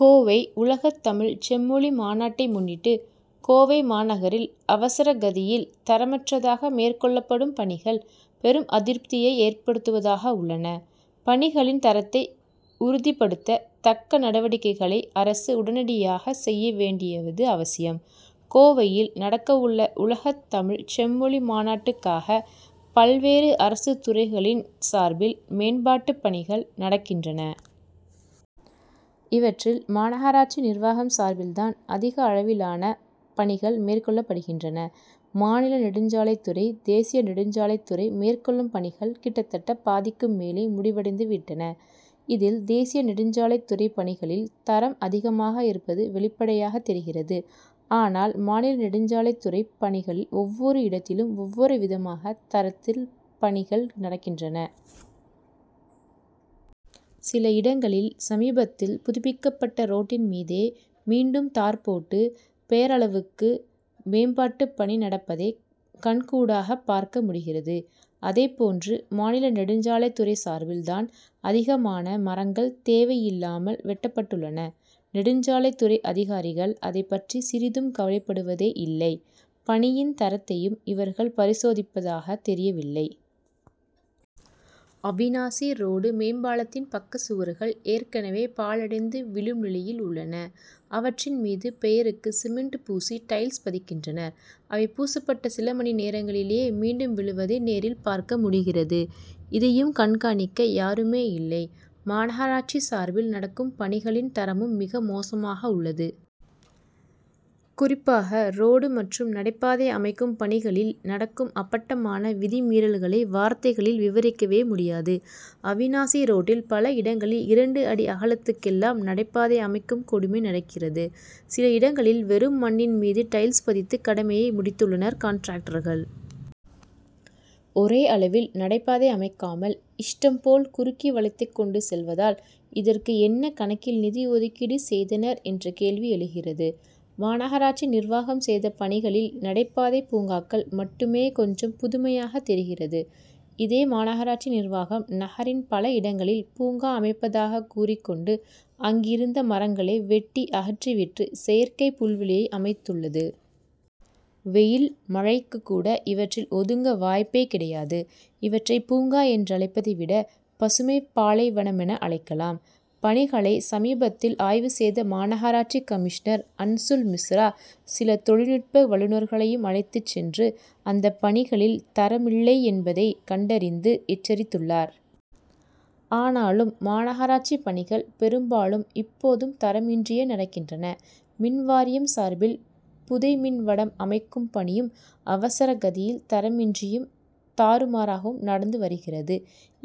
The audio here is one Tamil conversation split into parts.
கோவை உலகத்தமிழ்ச் செம்மொழி மாநாட்டை முன்னிட்டு கோவை மாநகரில் அவசர கதியில் தரமற்றதாக மேற்கொள்ளப்படும் பணிகள் பெரும் அதிருப்தியை ஏற்படுத்துவதாக உள்ளன. பணிகளின் தரத்தை உறுதிப்படுத்த தக்க நடவடிக்கைகளை அரசு உடனடியாக செய்ய வேண்டியது அவசியம். கோவையில் நடக்கவுள்ள உலகத்தமிழ்ச் செம்மொழி மாநாட்டுக்காக பல்வேறு அரசுத் துறைகளின் சார்பில் மேம்பாட்டுப் பணிகள் நடக்கின்றன. இவற்றில் மாநகராட்சி நிர்வாகம் சார்பில் தான் அதிகளவிலான பணிகள் மேற்கொள்ளப்படுகின்றன. மாநில நெடுஞ்சாலைத்துறை தேசிய நெடுஞ்சாலைத்துறை மேற்கொள்ளும் பணிகள் கிட்டத்தட்ட பாதிக்கும் மேலே முடிவடைந்து விட்டன. இதில் தேசிய நெடுஞ்சாலைத்துறை பணிகளில் தரம் அதிகமாக இருப்பது வெளிப்படையாகத் தெரிகிறது. ஆனால் மாநில நெடுஞ்சாலைத்துறைப் பணிகளில் ஒவ்வொரு இடத்திலும் ஒவ்வொரு விதமான தரத்தில் பணிகள் நடக்கின்றன. சில இடங்களில் சமீபத்தில் புதுப்பிக்கப்பட்ட ரோட்டின் மீதே மீண்டும் தார் போட்டு பெயரளவுக்கு மேம்பாட்டுப் பணி நடப்பதை கண்கூடாகப் பார்க்க முடிகிறது. அதேபோன்று மாநில நெடுஞ்சாலைத்துறை சார்பில் தான் அதிகமான மரங்கள் தேவையில்லாமல் வெட்டப்பட்டுள்ளன. நெடுஞ்சாலைத்துறை அதிகாரிகள் அதைப் பற்றி சிறிதும் கவலைப்படுவதே இல்லை. பணியின் தரத்தையும் இவர்கள் பரிசோதிப்பதாகத் தெரியவில்லை. அவினாசி ரோடு மேம்பாலத்தின் பக்கச்சுவர்கள் ஏற்கனவே பாழடைந்து விழும் நிலையில் உள்ளன. அவற்றின் மீது பெயருக்கு சிமெண்ட் பூசி டைல்ஸ் பதிக்கின்றனர். அவை பூசப்பட்ட சில மணி நேரங்களிலேயே மீண்டும் விழுவதை நேரில் பார்க்க முடிகிறது. இதையும் கண்காணிக்க யாருமேயில்லை. மாநகராட்சி சார்பில் நடக்கும் பணிகளின் தரமும் மிக மோசமாகவுள்ளது. குறிப்பாக ரோடு மற்றும் நடைபாதை அமைக்கும் பணிகளில் நடக்கும் அப்பட்டமான விதி மீறல்களை வார்த்தைகளில் விவரிக்கவே முடியாது. அவினாசி ரோட்டில் பல இடங்களில் இரண்டு அடி அகலத்துக்கெல்லாம் நடைபாதை அமைக்கும் கொடுமை நடக்கிறது. சில இடங்களில் வெறும் மண்ணின் மீது டைல்ஸ் பதித்து கடமையை முடித்துள்ளனர் காண்ட்ராக்டர்கள். ஒரே அளவில் நடைபாதை அமைக்காமல் இஷ்டம்போல் குறுக்கி வளைத்து கொண்டு செல்வதால் இதற்கு என்ன கணக்கில் நிதி ஒதுக்கீடு செய்தனர் என்ற கேள்வி எழுகிறது. மாநகராட்சி நிர்வாகம் செய்த பணிகளில் நடைபாதைப் பூங்காக்கள் மட்டுமே கொஞ்சம் புதுமையாகத் தெரிகிறது. இதே மாநகராட்சி நிர்வாகம் நகரின் பல இடங்களில் பூங்கா அமைப்பதாகக் கூறிக் கொண்டு அங்கிருந்த மரங்களை வெட்டி அகற்றி விட்டு செயற்கைப் புல்வெளியை அமைத்துள்ளது. வெயில் மழைக்குக் கூட இவற்றில் ஒதுங்க வாய்ப்பே கிடையாது. இவற்றை பூங்கா என்றழைப்பதை விட பசுமைப் பாலைவனமென அழைக்கலாம். பணிகளை சமீபத்தில் ஆய்வு செய்த மாநகராட்சி கமிஷனர் அன்சுல் மிஸ்ரா சில தொழில்நுட்ப வல்லுனர்களையும் அழைத்துச் சென்று அந்தப் பணிகளில் தரமில்லை என்பதைக் கண்டறிந்து எச்சரித்துள்ளார். ஆனாலும் மாநகராட்சிப் பணிகள் பெரும்பாலும் இப்போதும் தரமின்றியே நடக்கின்றன. மின் வாரியம் சார்பில் புதை மின் வடம் அமைக்கும் பணியும் அவசர கதியில் தரமின்றியும் தாறுமாறாகவும் நடந்து வருகிறது.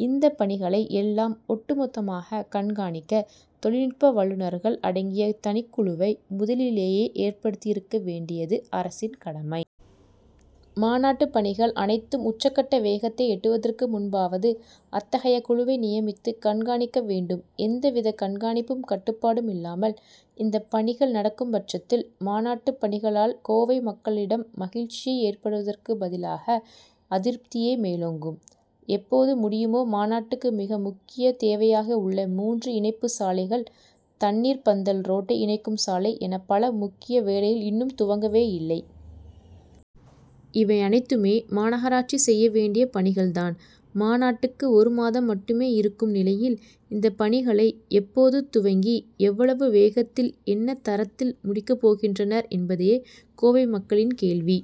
இந்த பணிகளை எல்லாம் ஒட்டு மொத்தமாகக் கண்காணிக்க தொழில்நுட்ப வல்லுனர்கள் அடங்கிய தனிக்குழுவை முதலிலேயே ஏற்படுத்தியிருக்க வேண்டியது அரசின் கடமை. மாநாட்டுப் பணிகள் அனைத்தும் உச்ச கட்ட வேகத்தை எட்டுவதற்கு முன்பாவது அத்தகைய குழுவை நியமித்து கண்காணிக்க வேண்டும். எந்த வித கண்காணிப்பும் கட்டுப்பாடும் இல்லாமல் இந்த பணிகள் நடக்கும்பட்சத்தில் மாநாட்டுப் பணிகளால் கோவை மக்களிடம் மகிழ்ச்சி ஏற்படுவதற்குப் பதிலாக அதிருப்தியே மேலோங்கும். எப்போது முடியுமோ மாநாட்டுக்கு மிக முக்கியத் தேவையாகவுள்ள மூன்று இணைப்புச் சாலைகள் தண்ணீர்ப் பந்தல் ரோட்டை இணைக்கும் சாலை என பல முக்கிய வேலைகள் இன்னும் துவங்கவே இல்லை. இவை அனைத்துமே மாநகராட்சி செய்ய வேண்டிய பணிகள் தான். மாநாட்டுக்கு ஒரு மாதம் மட்டுமே இருக்கும் நிலையில் இந்தப் பணிகளை எப்போது துவங்கி எவ்வளவு வேகத்தில் என்ன தரத்தில் முடிக்கப்போகின்றனர் என்பதே கோவை மக்களின் கேள்வி.